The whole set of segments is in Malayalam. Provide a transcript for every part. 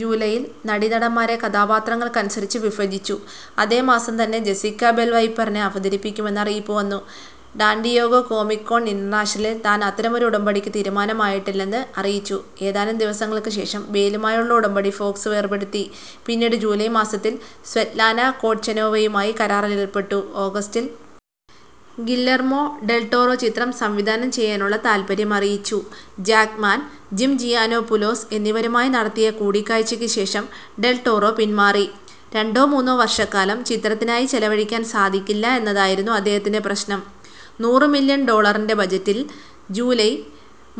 ജൂലൈയിൽ നടീനടന്മാരെ കഥാപാത്രങ്ങൾക്കനുസരിച്ച് വിഭജിച്ചു. അതേ മാസം തന്നെ ജെസ്സിക്ക ബേൽ വൈപ്പറിനെ അവതരിപ്പിക്കുമെന്ന് അറിയിപ്പുവന്നു. സാൻ ഡിയേഗോ കോമിക് കോൺ ഇന്റർനാഷണലിൽ താൻ അത്തരമൊരു ഉടമ്പടിക്ക് തീരുമാനമായിട്ടില്ലെന്ന് അറിയിച്ചു. ഏതാനും ദിവസങ്ങൾക്ക് ശേഷം ബേലുമായുള്ള ഉടമ്പടി ഫോക്സ് വേർപെടുത്തി. പിന്നീട് ജൂലൈ മാസത്തിൽ സ്വെറ്റ്ലാന കൊട്ചെനോവയുമായി കരാറിലേർപ്പെട്ടു. ഓഗസ്റ്റിൽ ഗില്ലർമോ ഡെൽ ടോറോ ചിത്രം സംവിധാനം ചെയ്യാനുള്ള താൽപര്യം അറിയിച്ചു. ജാക്ക്മാൻ, ജിം ജിയാനോപുലോസ് എന്നിവരുമായി നടത്തിയ കൂടിക്കാഴ്ചയ്ക്ക് ശേഷം ഡെൽ ടോറോ പിന്മാറി. രണ്ടോ മൂന്നോ വർഷക്കാലം ചിത്രത്തിനായി ചെലവഴിക്കാൻ സാധിക്കില്ല എന്നതായിരുന്നു അദ്ദേഹത്തിൻ്റെ പ്രശ്നം.നൂറ് മില്യൺ ഡോളറിൻ്റെ ബജറ്റിൽ ജൂലൈ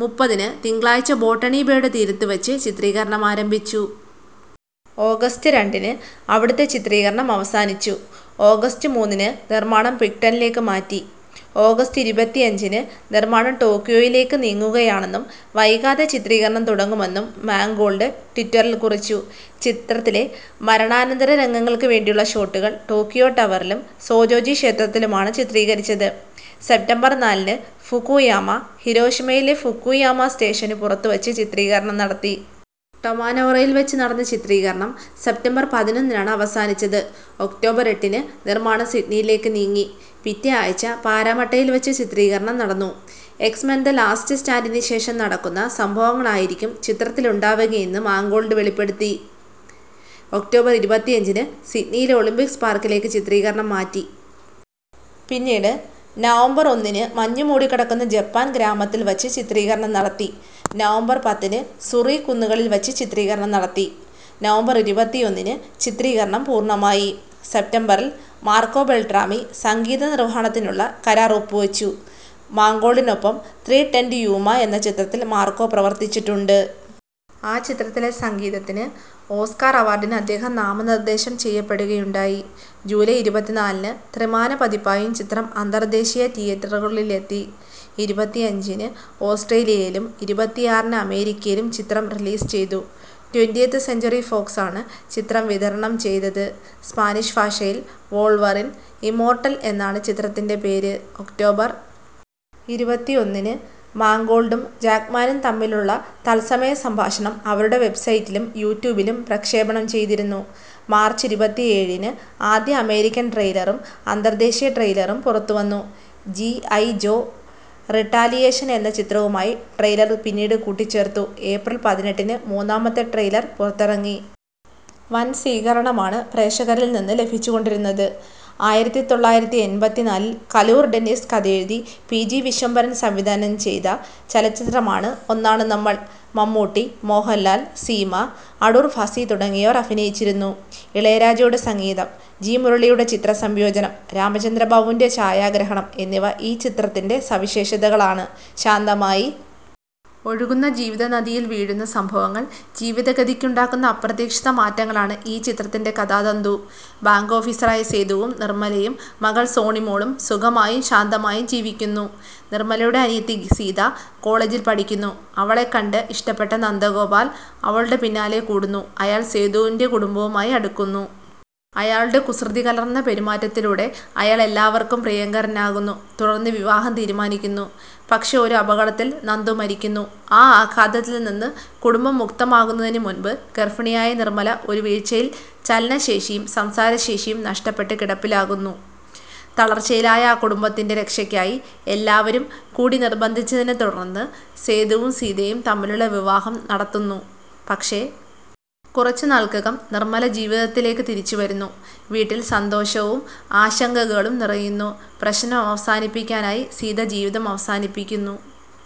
മുപ്പതിന് തിങ്കളാഴ്ച ബോട്ടണി ബേയുടെ തീരത്ത് വച്ച് ചിത്രീകരണം ആരംഭിച്ചു. ഓഗസ്റ്റ് രണ്ടിന് അവിടുത്തെ ചിത്രീകരണം അവസാനിച്ചു. ഓഗസ്റ്റ് മൂന്നിന് നിർമ്മാണം പിക്ടണിലേക്ക് മാറ്റി. ഓഗസ്റ്റ് ഇരുപത്തിയഞ്ചിന് നിർമ്മാണം ടോക്കിയോയിലേക്ക് നീങ്ങുകയാണെന്നും വൈകാതെ ചിത്രീകരണം തുടങ്ങുമെന്നും മാങ്കോൾഡ് ട്വിറ്ററിൽ കുറിച്ചു. ചിത്രത്തിലെ മരണാനന്തര രംഗങ്ങൾക്ക് വേണ്ടിയുള്ള ഷോട്ടുകൾ ടോക്കിയോ ടവറിലും സോജോജി ക്ഷേത്രത്തിലുമാണ് ചിത്രീകരിച്ചത്. സെപ്റ്റംബർ നാലിന് ഫുകുയാമ, ഹിരോഷിമയിലെ ഫുകുയാമ സ്റ്റേഷനു പുറത്തുവച്ച് ചിത്രീകരണം നടത്തി. ടൊമനൗറയിൽ വച്ച് നടന്ന ചിത്രീകരണം സെപ്റ്റംബർ പതിനൊന്നിനാണ് അവസാനിച്ചത്. ഒക്ടോബർ എട്ടിന് നിർമ്മാണം സിഡ്നിയിലേക്ക് നീങ്ങി. പിറ്റേ ആഴ്ച പാരമട്ടയിൽ വച്ച് ചിത്രീകരണം നടന്നു. എക്സ് മെൻ ദ ലാസ്റ്റ് സ്റ്റാൻഡിന് ശേഷം നടക്കുന്ന സംഭവങ്ങളായിരിക്കും ചിത്രത്തിലുണ്ടാവുകയെന്ന് മാങ്കോൾഡ് വെളിപ്പെടുത്തി. ഒക്ടോബർ ഇരുപത്തിയഞ്ചിന് സിഡ്നിയിലെ ഒളിമ്പിക് പാർക്കിലേക്ക് ചിത്രീകരണം മാറ്റി. പിന്നീട് നവംബർ ഒന്നിന് മഞ്ഞുമൂടിക്കിടക്കുന്ന ജപ്പാൻ ഗ്രാമത്തിൽ വച്ച് ചിത്രീകരണം നടത്തി. നവംബർ പത്തിന് സുറി കുന്നുകളിൽ വച്ച് ചിത്രീകരണം നടത്തി. നവംബർ ഇരുപത്തിയൊന്നിന് ചിത്രീകരണം പൂർണമായി. സെപ്റ്റംബറിൽ മാർക്കോ ബെൽട്രാമി സംഗീത നിർവഹണത്തിനുള്ള കരാർ ഒപ്പുവച്ചു. മാങ്കോൾഡിനൊപ്പം ത്രീ ടെൻ ടു യൂമ എന്ന ചിത്രത്തിൽ മാർക്കോ മുമ്പ് പ്രവർത്തിച്ചിട്ടുണ്ട്. ആ ചിത്രത്തിലെ സംഗീതത്തിന് ഓസ്കർ അവാർഡിന് അദ്ദേഹം നാമനിർദ്ദേശം ചെയ്യപ്പെടുകയുണ്ടായി. ജൂലൈ ഇരുപത്തിനാലിന് ത്രിമാന പതിപ്പായും ചിത്രം അന്തർദേശീയ തിയേറ്ററുകളിലെത്തി. ഇരുപത്തിയഞ്ചിന് ഓസ്ട്രേലിയയിലും ഇരുപത്തിയാറിന് അമേരിക്കയിലും ചിത്രം റിലീസ് ചെയ്തു. ട്വന്റിയത്ത് സെഞ്ച്വറി ഫോക്സാണ് ചിത്രം വിതരണം ചെയ്തത്. സ്പാനിഷ് ഭാഷയിൽ വോൾവറിൻ ഇമ്മോർട്ടൽ എന്നാണ് ചിത്രത്തിൻ്റെ പേര്. ഒക്ടോബർ ഇരുപത്തിയൊമ്പതിന് മാങ്കോൾഡും ജാക്ക്മാനും തമ്മിലുള്ള തത്സമയ സംഭാഷണം അവരുടെ വെബ്സൈറ്റിലും യൂട്യൂബിലും പ്രക്ഷേപണം ചെയ്തിരുന്നു. മാർച്ച് ഇരുപത്തിയേഴിന് ആദ്യ അമേരിക്കൻ ട്രെയിലറും അന്തർദേശീയ ട്രെയിലറും പുറത്തുവന്നു. ജി ഐ ജോ റിടാലിയേഷൻ എന്ന ചിത്രവുമായി ട്രെയിലർ പിന്നീട് കൂട്ടിച്ചേർത്തു. ഏപ്രിൽ പതിനെട്ടിന് മൂന്നാമത്തെ ട്രെയിലർ പുറത്തിറങ്ങി. വൻ സ്വീകരണമാണ് പ്രേക്ഷകരിൽ നിന്ന് ലഭിച്ചുകൊണ്ടിരുന്നത്. ആയിരത്തി തൊള്ളായിരത്തി എൺപത്തിനാലിൽ കലൂർ ഡെന്നീസ് കഥയെഴുതി പി ജി വിശ്വംഭരൻ സംവിധാനം ചെയ്ത ചലച്ചിത്രമാണ് ഒന്നാണു നമ്മൾ. മമ്മൂട്ടി, മോഹൻലാൽ, സീമ, അടൂർ ഭാസി തുടങ്ങിയവർ അഭിനയിച്ചിരിക്കുന്നു. ഇളയരാജയുടെ സംഗീതം, ജി മുരളിയുടെ ചിത്രസംയോജനം, രാമചന്ദ്രബാബുവിൻ്റെ ഛായാഗ്രഹണം എന്നിവ ഈ ചിത്രത്തിൻ്റെ സവിശേഷതകളാണ്. ശാന്തമായി ഒഴുകുന്ന ജീവിതനദിയിൽ വീഴുന്ന സംഭവങ്ങൾ ജീവിതഗതിക്കുണ്ടാക്കുന്ന അപ്രതീക്ഷിത മാറ്റങ്ങളാണ് ഈ ചിത്രത്തിൻ്റെ കഥാതന്തു. ബാങ്ക് ഓഫീസറായ സേതുവും നിർമ്മലയും മകൾ സോണിമോളും സുഖമായും ശാന്തമായും ജീവിക്കുന്നു. നിർമ്മലയുടെ അനിയത്തി സീത കോളജിൽ പഠിക്കുന്നു. അവളെ കണ്ട് ഇഷ്ടപ്പെട്ട നന്ദഗോപാൽ അവളുടെ പിന്നാലെ കൂടുന്നു. അയാൾ സേതുവിൻ്റെ കുടുംബവുമായി അടുക്കുന്നു. അയാളുടെ കുസൃതികലർന്ന പെരുമാറ്റത്തിലൂടെ അയാൾ എല്ലാവർക്കും പ്രിയങ്കരനാകുന്നു. തുടർന്ന് വിവാഹം തീരുമാനിക്കുന്നു. പക്ഷേ ഒരു അപകടത്തിൽ നന്ദു മരിക്കുന്നു. ആ ആഘാതത്തിൽ നിന്ന് കുടുംബം മുക്തമാകുന്നതിന് മുമ്പ് ഗർഭിണിയായ നിർമ്മല ഒരു വീഴ്ചയിൽ ചലനശേഷിയും സംസാരശേഷിയും നഷ്ടപ്പെട്ട് കിടപ്പിലാകുന്നു. തളർച്ചയിലായ ആ കുടുംബത്തിൻ്റെ രക്ഷയ്ക്കായി എല്ലാവരും കൂടി നിർബന്ധിച്ചതിനെ തുടർന്ന് സേതുവും സീതയും തമ്മിലുള്ള വിവാഹം നടത്തുന്നു. പക്ഷേ കുറച്ച് നാൾക്കകം നിർമ്മല ജീവിതത്തിലേക്ക് തിരിച്ചുവരുന്നു. വീട്ടിൽ സന്തോഷവും ആശങ്കകളും നിറയുന്നു. പ്രശ്നം അവസാനിപ്പിക്കാനായി സീത ജീവിതം അവസാനിപ്പിക്കുന്നു